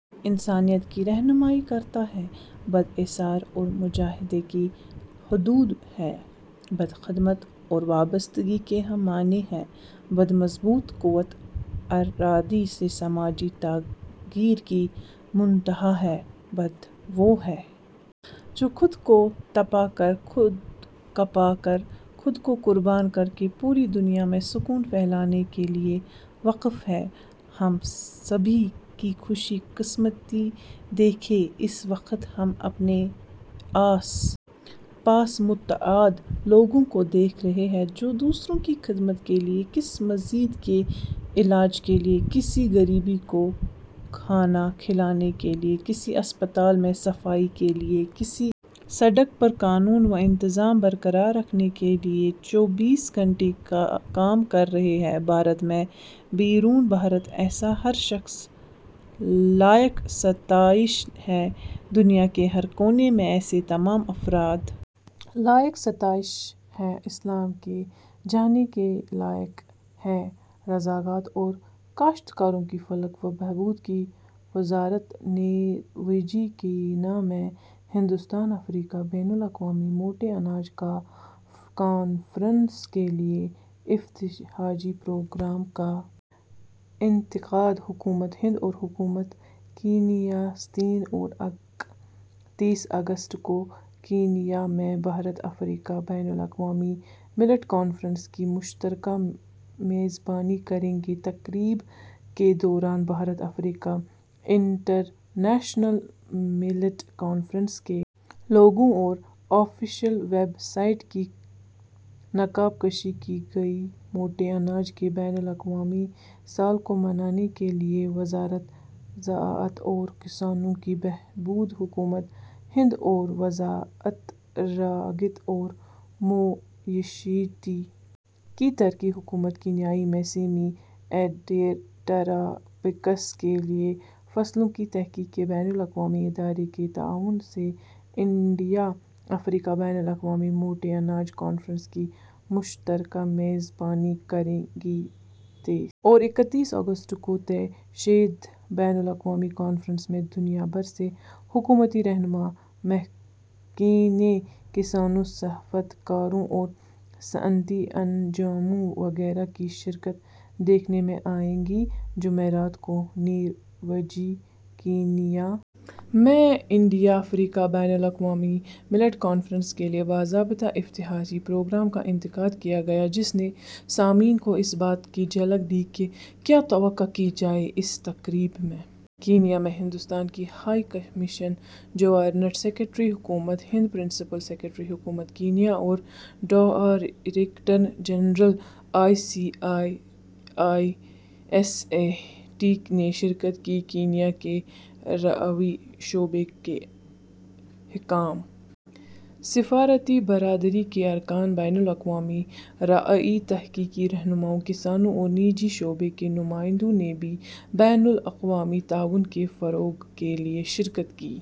انسانیت کی رہنمائی کرتا ہے بدھ ایثار اور مجاہدے کی حدود ہیں بدھ خدمت اور وابستگی کے ہم معنی ہیں بدھ مضبوط قوت ارادی سے سماجی تغیر کی منتہا ہیں بدھ وہ ہیں جو خود کو تپا کر خود کھپا کر خود کو قربان کر کے پوری دنیا میں سکون پھیلانے کے لیے وقف ہیں ہم سبھی کی خوش قسمتی دیکھیے اس وقت ہم اپنے آس پاس متعدد لوگوں کو دیکھ رہے ہیں جو دوسروں کی خدمت کے لیے کسی مریض کے علاج کے لیے کسی غریب کو کھانا کھلانے کے لیے کسی اسپتال میں صفائی کے لیے کسی سڑک پر قانون و انتظام برقرار رکھنے کے لیے چوبیسوں گھنٹے کام کر رہے ہیں بھارت میں بیرون بھارت ایسا ہر شخص لائق ستائش ہے دنیا کے ہر کونے میں ایسے تمام افراد لائق ستائش ہیں سلام کیے جانے کے لائق ہیں زراعت اور کاشتکاروں کی فلاح و بہبود کی وزارت نیروبی کینیا میں ہندوستان افریقہ بین الاقوامی موٹے اناج کانفرنس کے لیے افتتاحی پروگرام کا انعقاد حکومت ہند اور حکومت کینیا تیس اور اکتیس اگست کو کینیا میں بھارت افریقہ بین الاقوامی ملیٹ کانفرنس کی مشترکہ میزبانی کریں گے تقریب کے دوران بھارت افریقہ انٹرنیشنل ملیٹ کانفرنس کے لوگو اور آفیشل ویب سائٹ کی نقاب کشائی کی گئی موٹے اناج کے بین الاقوامی سال کو منانے کے لیے وزارت زراعت اور کسانوں کی بہبود حکومت ہند اور وزارت زراعت اور مویشیوں کی ترقی حکومت کینیا میں سیمی ایرڈ ٹراپکس کے لیے فصلوں کی تحقیق کے بین الاقوامی ادارے کے تعاون سے انڈیا افریقہ بین الاقوامی موٹے اناج کانفرنس کی مشترکہ میزبانی کریں گی تیس اور اکتیس اگست کو طے شدہ بین الاقوامی کانفرنس میں دنیا بھر سے حکومتی رہنماؤں محققین کسانوں صنعت کاروں اور صنعتی انجمنوں وغیرہ کی شرکت دیکھنے میں آئے گی جمعرات کو نیروبی کینیا میں انڈیا افریقہ بین الاقوامی ملیٹ کانفرنس کے لیے باضابطہ افتتاحی پروگرام کا انعقاد کیا گیا جس نے سامعین کو اس بات کی جھلک دی کہ کیا توقع کی جائے اس تقریب میں کینیا میں ہندوستان کے ہائی کمشنر جوائنٹ سکریٹری حکومت ہند پرنسپل سکریٹری حکومت کینیا اور director general I C R I S A T نے شرکت کی کینیا کے زرعی شعبے کے حکام سفارتی برادری کے اراکین بین الاقوامی زرعی تحقیقی رہنماؤں کسانوں اور نجی شعبے کے نمائندوں نے بھی بین الاقوامی تعاون کے فروغ کے لیے شرکت کی